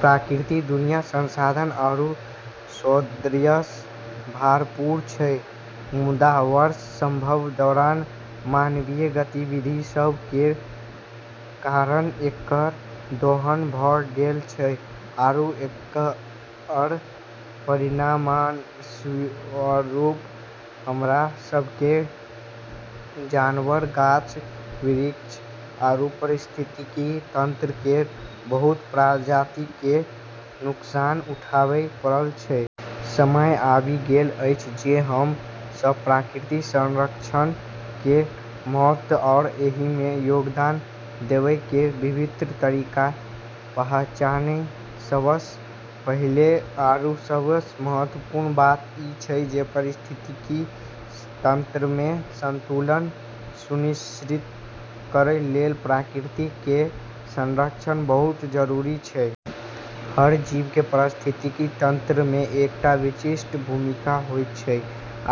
प्राकृतिक दुनिया संसाधन आरू सौंदर्यसँ भरपूर छै, मुदा वर्ष सभक दौरान मानवीय गतिविधि सभ केर कारण एकर दोहन भऽ गेल छै, आरू एकर परिणामस्वरूप, हमरा सभकेँ जनावर, गाछ-बिरछ आरू पारिस्थितिकी तंत्र केर बहुत प्रजाति केर नुकसान उठाबै पड़ल छै। समय आबि गेल अछि जे हम सब प्रकृति संरक्षण केर महत्व आ एहिमे योगदान देबै केर विभिन्न तरीकाकेँ पहचानी। सबसँ पहिले आरू सबसँ महत्वपूर्ण बात ई छै जे पारिस्थितिकी तंत्रमे संतुलन सुनिश्चित करै लेल प्रकृति केर संरक्षण बहुत जरूरी छै। हर जीव केर पारिस्थितिकी तंत्रमे एकटा विशिष्ट भूमिका होइत छै,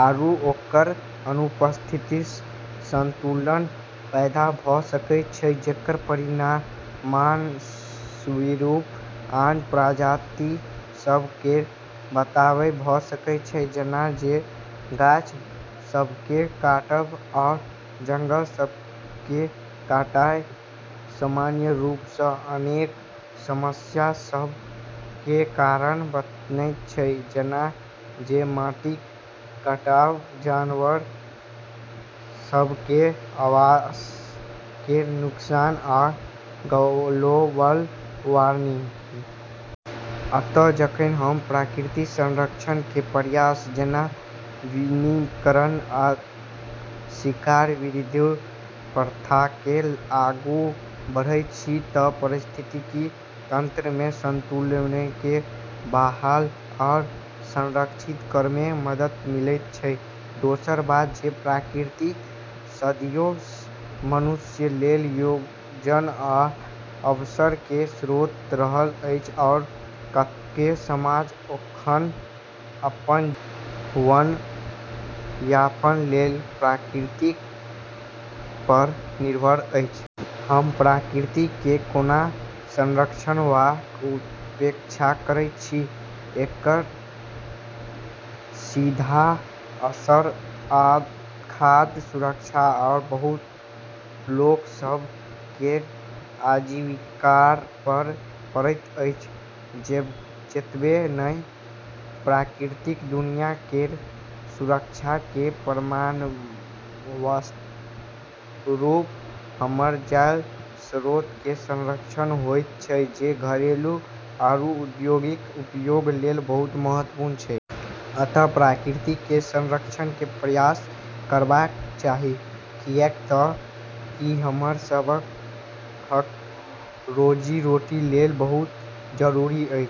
आरू ओकर अनुपस्थितिसँ असंतुलन पैदा भऽ सकैत छै जेकर परिणामस्वरूप आन प्रजाति सभ केर तबाही भऽ सकैत छै। जेना जे गाछ सभकेँ काटब आ जंगल सभ केर कटाई, सामान्य रूपसँ, अनेक समस्या सभ केर कारण बनैत छै जेना जे माटिक कटाव, जनावर सभ केर आवास केर नुकसान आ ग्लोबल वार्मिंग। अतः जखन हम प्रकृति संरक्षण केर प्रयास जेना वनीकरण आ शिकार विरोधी प्रथाकेँ आगू बढ़ैत छी तऽ पारिस्थितिकी तंत्रमे संतुलनकेँ बहाल आ संरक्षित करैमे मदद मिलैत छै। दोसर बात जे प्रकृति सदियोसँ मनुष्य लेल भोजन आ आवास केर स्रोत रहल अछि, आ कतेको समाज अखनो अपन जीवन यापन लेल प्रकृतिपर निर्भर अछि। हम प्रकृति केर कोना संरक्षण वा उपेक्षा करैत छी एकर सीधा असर खाद्य सुरक्षा आ बहुत लोक सभ केर आजीविकापर पड़ैत अछि। एतबे नहि, प्राकृतिक दुनिया केर सुरक्षा केर परिणामस्वरूप हमर जल स्रोत केर संरक्षण होइत छै, जे घरेलू आरू औद्योगिक उपयोग लेल बहुत महत्वपूर्ण छै। अतः प्रकृति केर संरक्षण केर प्रयास करबाक चाही किऐक तऽ ई हमर सबहक रोजी-रोटी लेल बहुत जरूरी अछि।